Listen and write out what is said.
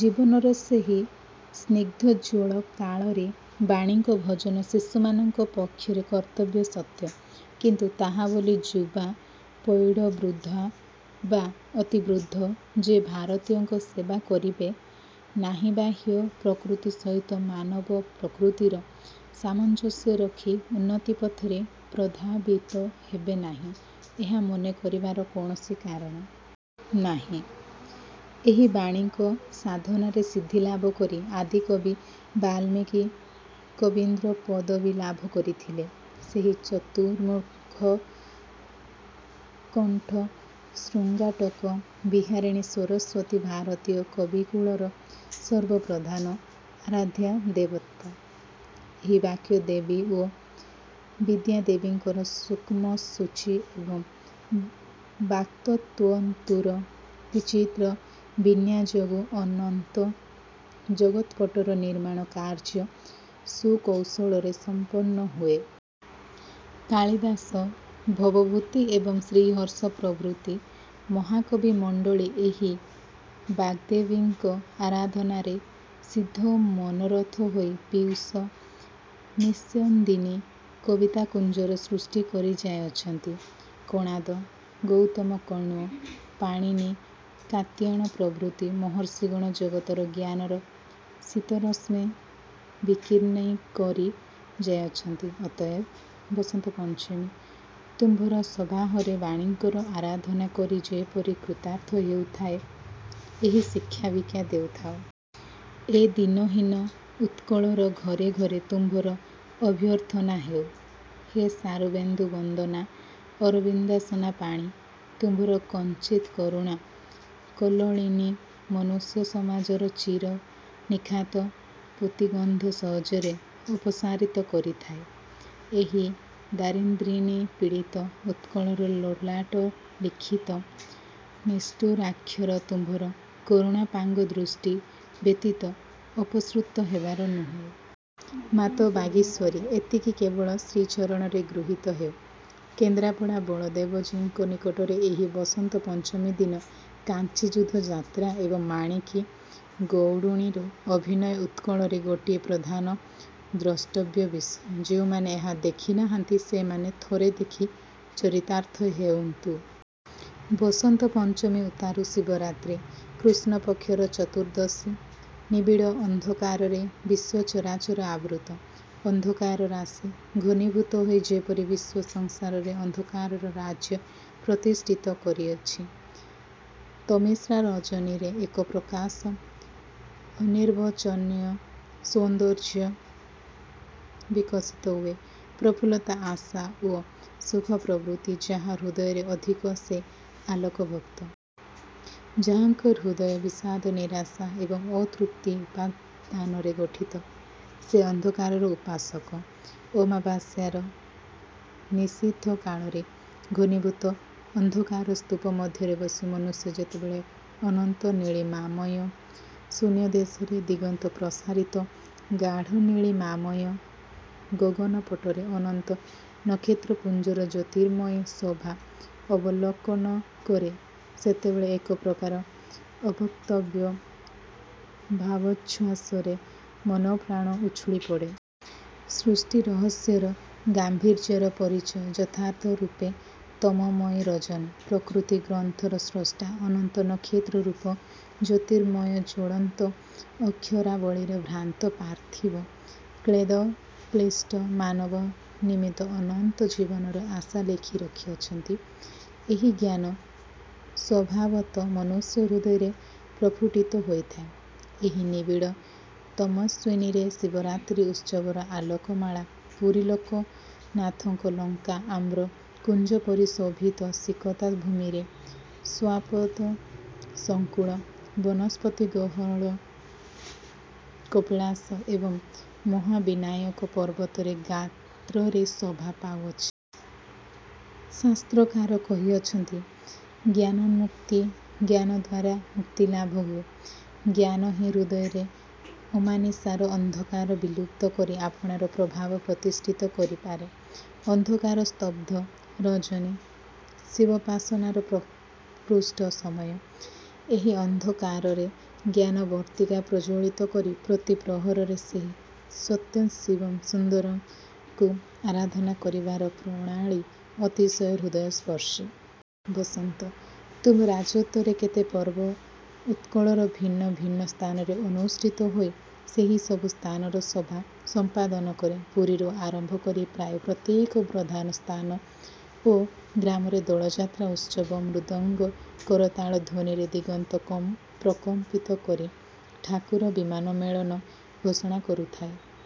ଜୀବନର ସେହି ସ୍ନିଗ୍ଧୋଜ୍ଜ୍ୱଳ କାଳରେ ବାଣୀଙ୍କ ଭଜନ ଶିଶୁମାନଙ୍କ ପକ୍ଷରେ କର୍ତ୍ତବ୍ୟ ସତ୍ୟ କିନ୍ତୁ ତାହା ବୋଲି ଯୁବା ପ୍ରୌଢ଼ ବୃଦ୍ଧ ବା ଅତି ବୃଦ୍ଧ ଯେ ଭାରତୀୟଙ୍କ ସେବା କରିବେ ନାହିଁବାହ୍ୟ ପ୍ରକୃତି ସହିତ ମାନବପ୍ରକୃତିର ସାମଞ୍ଜସ୍ୟ ରଖି ଉନ୍ନତିପଥରେ ପ୍ରଧାବିତ ହେବେ ନାହିଁ ଏହା ମନେ କରିବାର କୌଣସି କାରଣ। ନାହିଁ। ଏହି ବାଣୀଙ୍କ ସାଧନାରେ ସିଦ୍ଧିଲାଭ କରି ଆଦିକବି ବାଲ୍ମୀକି କବୀନ୍ଦ୍ର ପଦବି ଲାଭ କରିଥିଲେ। ସେହି ଚତୁର୍ମୁଖ କଣ୍ଠ ଶୃଙ୍ଗାଟକ ବିହାରିଣୀ ସରସ୍ୱତୀ ଭାରତୀୟ କବିକୁଳର ସର୍ବପ୍ରଧାନ ଆରାଧ୍ୟା ଦେବତା। ଏହି ବାକ୍ୟଦେବୀ ଓ ବିଦ୍ୟାଦେବୀଙ୍କର ସୂକ୍ଷ୍ମ ସୂଚୀ ଏବଂ ବାକ୍ତତ୍ତ୍ୱତନ୍ତୁର ବିଚିତ୍ର ବିନ୍ୟାଯୋଗୁଁ ଅନନ୍ତ ଜଗତ୍ପଟର ନିର୍ମାଣ କାର୍ଯ୍ୟ ସୁକୌଶଳରେ ସମ୍ପନ୍ନ ହୁଏ। କାଳିଦାସ ଭବଭୂତି ଏବଂ ଶ୍ରୀହର୍ଷ ପ୍ରଭୃତି ମହାକବିମଣ୍ଡଳୀ ଏହି ବାଗ୍ଦେବୀଙ୍କ ଆରାଧନାରେ ସିଦ୍ଧମନୋରଥ ହୋଇ ପୀୟୁଷ ନିଷ୍ୟନ୍ଦିନୀ କବିତାକୁଞ୍ଜର ସୃଷ୍ଟି କରି ଯାଇଅଛନ୍ତି। କଣାଦ, ଗୌତମ କଣ୍ୱ, ପାଣିନି କାତ୍ୟାୟନ ପ୍ରଭୃତି ମହର୍ଷିଗଣ ଜଗତରେ ଜ୍ଞାନର ସିତ ରଶ୍ମି ବିକୀର୍ଣ୍ଣ କରି ଯାଇଅଛନ୍ତି। ଅତଏବ ବସନ୍ତପଞ୍ଚମୀ! ତୁମ୍ଭର ଶୁଭାହରେ ବାଣୀଙ୍କର ଆରାଧନା କରି ଯେପରି କୃତାର୍ଥ ହେଉଥାଏଁ ଏହି ଶିକ୍ଷା ଭିକ୍ଷା ଦେଉଥାଅ। ଏ ଦୀନ ହୀନ ଉତ୍କଳର ଘରେ ଘରେ ତୁମ୍ଭର ଅଭ୍ୟର୍ଥନା ହେଉ। ହେ ଶାରଦେନ୍ଦୁବନ୍ଦନା, ଅରବିନ୍ଦାସନା ବାଣି! ତୁମ୍ଭର କଞ୍ଚିତ୍ କରୁଣା କଲ୍ଲୋଳିନୀ ମନୁଷ୍ୟ ସମାଜର ଚିର ନିଖାତ ପୂତିଗନ୍ଧ ସହଜରେ ଅପସାରିତ କରିଥାଏ। ଏହି ଦାରିଦ୍ର୍ୟନିପୀଡ଼ିତ ଉତ୍କଳର ଲଲାଟଲିଖିତ ନିଷ୍ଠୁରାକ୍ଷର ତୁମ୍ଭର କରୁଣାପାଙ୍ଗଦୃଷ୍ଟି ବ୍ୟତୀତ ଅପସୃତ ହେବାର ନୁହେ। ମାତଃ ବାଗୀଶ୍ୱରି! ଏତିକି କେବଳ ଶ୍ରୀଚରଣରେ ଗୃହୀତ ହେଉ। କେନ୍ଦ୍ରାପଡ଼ା ବଳଦେବଜୀଙ୍କ ନିକଟରେ ଏହି ବସନ୍ତ ପଞ୍ଚମୀ ଦିନ କାଞ୍ଚୀ ଯୁଦ୍ଧ ଯାତ୍ରା ଏବଂ ମାଣିକୀ ଗଉଡ଼ୁଣୀର ଅଭିନୟ ଉତ୍କଳରେ ଗୋଟିଏ ପ୍ରଧାନ ଦ୍ରଷ୍ଟବ୍ୟ ବିଷୟ। ଯେଉଁମାନେ ଏହା ଦେଖି ନାହାନ୍ତି, ସେମାନେ ଥରେ ଦେଖି ଚରିତାର୍ଥ ହେଉନ୍ତୁ। ବସନ୍ତ ପଞ୍ଚମୀ ଉତ୍ତାରୁ ଶିବରାତ୍ରି। କୃଷ୍ଣପକ୍ଷର ଚତୁର୍ଦ୍ଦଶୀ ନିବିଡ଼ ଅନ୍ଧକାରରେ ବିଶ୍ୱଚରାଚର ଆବୃତ। ଅନ୍ଧକାର ରାଶି ଘୂନୀଭୂତ ହୋଇ ଯେପରି ବିଶ୍ୱ ସଂସାରରେ ଅନ୍ଧକାରର ରାଜ୍ୟ ପ୍ରତିଷ୍ଠିତ କରିଅଛି। ତମିସ୍ରା ରଜନୀରେ ଏକ ପ୍ରକାର ଅନିର୍ବଚନୀୟ ସୌନ୍ଦର୍ଯ୍ୟ ବିକଶିତ ହୁଏ ପ୍ରଫୁଲ୍ଲତା ଆଶା ଓ ସୁଖପ୍ରବୃତ୍ତି ଯାହା ହୃଦୟରେ ଅଧିକ ସେ ଆଲୋକଭକ୍ତ। ଯାହାଙ୍କ ହୃଦୟ ବିଷାଦ ନିରାଶା ଏବଂ ଅତୃପ୍ତି ଉପାଦାନରେ ଗଠିତ ସେ ଅନ୍ଧକାରର ଉପାସକ। ଅମାବାସ୍ୟାର ନିଶୀଥ କାଳରେ ଘନୀଭୂତ ଅନ୍ଧକାରସ୍ତୂପ ମଧ୍ୟରେ ବସି ମନୁଷ୍ୟ ଯେତେବେଳେ ଅନନ୍ତ ନୀଳିମାମୟ ଶୂନ୍ୟଦେଶରେ ଦିଗନ୍ତପ୍ରସାରିତ ଗାଢ଼ନୀଳିମାମୟ ଗଗନପଟରେ ଅନନ୍ତ ନକ୍ଷତ୍ରପୁଞ୍ଜର ଜ୍ୟୋତିର୍ମୟୀ ଶୋଭା ଅବଲୋକନ କରେ ସେତେବେଳେ ଏକପ୍ରକାର ଅବକ୍ତବ୍ୟ ଭାବୋଚ୍ଛ୍ୱାସରେ ମନଃପ୍ରାଣ ଉଛୁଳି ପଡ଼େ। ସୃଷ୍ଟିରହସ୍ୟର ଗାମ୍ଭୀର୍ଯ୍ୟର ପରିଚୟ ଯଥାର୍ଥରୂପେ ତମୋମୟୀ ରଜନୀ। ପ୍ରକୃତି ଗ୍ରନ୍ଥର ସ୍ରଷ୍ଟା ଅନନ୍ତ ନକ୍ଷତ୍ରରୂପ ଜ୍ୟୋତିର୍ମୟ ଜ୍ୱଳନ୍ତ ଅକ୍ଷରାବଳୀରେ ଭ୍ରାନ୍ତ ପାର୍ଥିବ କ୍ଳେଦ କ୍ଳିଷ୍ଟ ମାନବ ନିମିତ୍ତ ଅନନ୍ତ ଜୀବନର ଆଶା ଲେଖି ରଖିଅଛନ୍ତି ଏହି ଜ୍ଞାନ ସ୍ୱଭାବତଃ ମନୁଷ୍ୟ ହୃଦୟରେ ପ୍ରଫୁଟିତ ହୋଇଥାଏ। ଏହି ନିବିଡ଼ ତମସ୍ୱିନୀରେ ଶିବରାତ୍ରି ଉତ୍ସବର ଆଲୋକମାଳା ପୁରୀ ଲୋକନାଥଙ୍କ ଲଙ୍କା ଆମ୍ର କୁଞ୍ଜପରିଶୋଭିତ ସିକତା ଭୂମିରେ, ଶ୍ୱାପଦ ସଙ୍କୁଳ, ବନସ୍ପତିଗହନ କପିଳାସ ଏବଂ ମହାବିନାୟକ ପର୍ବତରେ ଗାତ୍ରରେ ଶୋଭା ପାଉଅଛି। ଶାସ୍ତ୍ରକାର କହିଅଛନ୍ତି, ଜ୍ଞାନନ୍ମୁକ୍ତିଃ ଜ୍ଞାନଦ୍ୱାରା ମୁକ୍ତିଲାଭ ହୁଏ। ଜ୍ଞାନହିଁ ହୃଦୟରେ ଅମାନିଶାର ଅନ୍ଧକାର ବିଲୁପ୍ତ କରି ଆପଣାର ପ୍ରଭାବ ପ୍ରତିଷ୍ଠିତ କରି ପାରେ। ଅନ୍ଧକାର ସ୍ତବ୍ଧ ରଜନୀ ଶିବୋପାସନାର ପ୍ରକୃଷ୍ଟ ସମୟ। ଏହି ଅନ୍ଧକାରରେ ଜ୍ଞାନ ବର୍ତ୍ତିକା ପ୍ରଜ୍ୱଳିତ କରି ପ୍ରତି ପ୍ରହରରେ ସେହି ସତ୍ୟଂ ଶିବଂ ସୁନ୍ଦରଂ''ଙ୍କୁ ଆରାଧନା କରିବାର ପ୍ରଣାଳୀ ଅତିଶୟ ହୃଦୟସ୍ପର୍ଶୀ। ବସନ୍ତ! ତୁମ୍ଭ ରାଜତ୍ୱରେ କେତେ ପର୍ବ ଉତ୍କଳର ଭିନ୍ନ ଭିନ୍ନ ସ୍ଥାନରେ ଅନୁଷ୍ଠିତ ହୋଇ ସେହି ସବୁ ସ୍ଥାନର ଶୋଭା ସମ୍ପାଦନ କରେ। ପୁରୀରୁ ଆରମ୍ଭ କରି ପ୍ରାୟ ପ୍ରତ୍ୟେକ ପ୍ରଧାନ ସ୍ଥାନ ଓ ଗ୍ରାମରେ ଦୋଳଯାତ୍ରା ଉତ୍ସବ ମୃଦଙ୍ଗ କରତାଳ ଧ୍ୱନିରେ ଦିଗନ୍ତ ପ୍ରକମ୍ପିତ କରି ଠାକୁର ବିମାନ ମେଳନ ଘୋଷଣା କରୁଥାଏ।